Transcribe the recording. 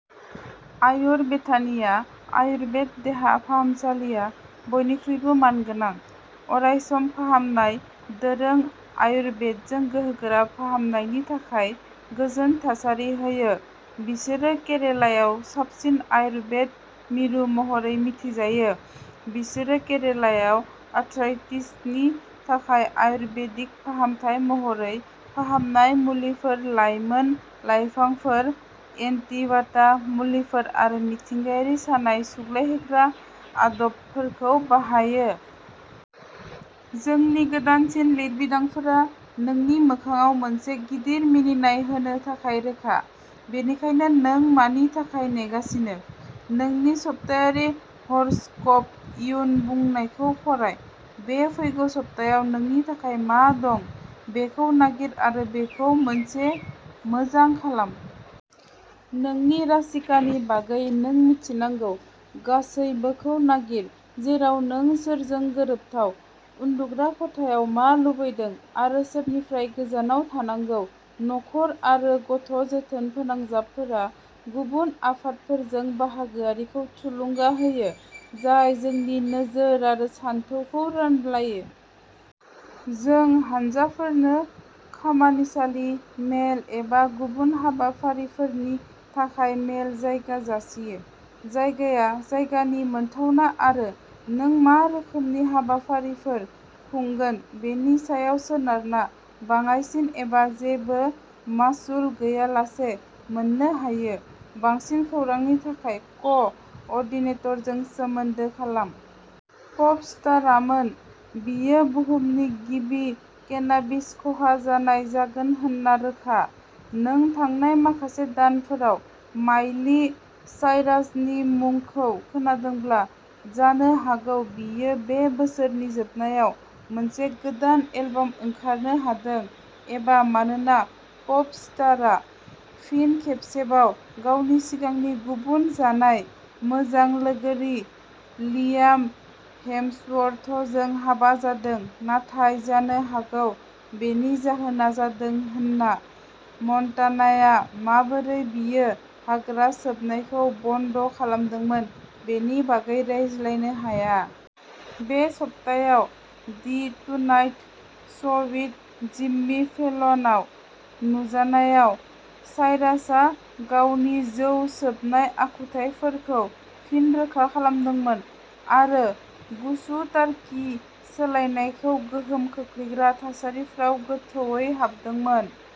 आयुर बेथानिया आयुरबेद देहा फाहामसालिया बयनिख्रुइबो मानगोनां, अरायसम फाहामनाय दोरों-आयुरबेदजों गोहोगोरा फाहामनायनि थाखाय गोजोन थासारि होयो। बिसोरो केरालायाव साबसिन आयुरबेद मिरु महरै मिथिजायो। बिसोरो केरालायाव आथ्राइटिसनि थाखाय आयुर्बेदिक फाहामथाय महरै फाहामनाय मुलिफोर, लायमोन लायफांफोर, एन्टि भाटा मुलिफोर आरो मिथिंगायारि सानाय सुग्लायहोग्रा आदबफोरखौ बाहायो। जोंनि गोदानसिन लिरबिदांफोरा नोंनि मोखांआव मोनसे गिदिर मिनिनाय होनो थाखाय रोखा, बेनिखायनो नों मानि थाखाय नेगासिनो? नोंनि सप्तायारि ह'र'स्क'प इयुन बुंनायखौ फराय। बे फैगौ सप्तायाव नोंनि थाखाय मा दं बेखौ नागिर आरो बेखौ मोनसे मोजां खालाम! नोंनि राशिकानि बागै नों मिथिनांगौ गासैबोखौ नागिर, जेराव नों सोरजों गोरोबथाव, उन्दुग्रा खथायाव मा लुबैदों आरो सोरनिफ्राय गोजानाव थानांगौ! नखर आरो गथ'जोथोन फोनांजाबफोरा गुबुन आफादफोरजों बाहागोआरिखौ थुलुंगा होयो जाय जोंनि नोजोर आरो सानथौखौ रानलायो। जों हानजाफोरनो खामानिसालि, मेल एबा गुबुन हाबाफारिफोरनि थाखाय मेल जायगा जासियो। जायगाया जायगानि मोनथावना आरो नों मा रोखोमनि हाबाफारिफोर खुंगोन बेनि सायाव सोनारना बाङायसिन एबा जेबो मासुल गैयालासे मोननो हायो। बांसिन खौरांनि थाखाय क'- अर्डिनेटरजों सोमोन्दो खालाम। पप-स्टारआमोन। बियो बुहुमनि गिबि केनाबिस खहा जानाय जागोन होन्ना रोखा। नों थांनाय माखासे दानफोराव माइलि साइरासनि मुंखौ खोनादोंब्ला, जानो हागौ बियो बे बोसोरनि जोबनायाव मोनसे गोदान एलबाम ओंखारनो हादों, एबा मानोना पप-स्टारआ फिन खेबसेबाव गावनि सिगांनि गुबुन जानाय मोजां लोगोरि लियाम हेम्सवर्थजों हाबा जादों, नाथाय जानो हागौ, बेनि जाहोना जादों हान्ना मन्टानाया माबोरै बियो हाग्रा सोबनायखौ बन्द खालामदोंमोन बेनि बागै रायज्लायनो हाया। बे सप्तायाव "the tonight show with Jimmy Fallon" आव नुजानायाव, साइरासआ गावनि जौ सोबनाय आखुथाइफोरखौ फिन रोखा खालामदोंमोन आरो गुसु-टार्कि सोलायनायखौ गोहोम खोख्लैग्रा थासारिफोराव गोथौवै हाबदोंमोन।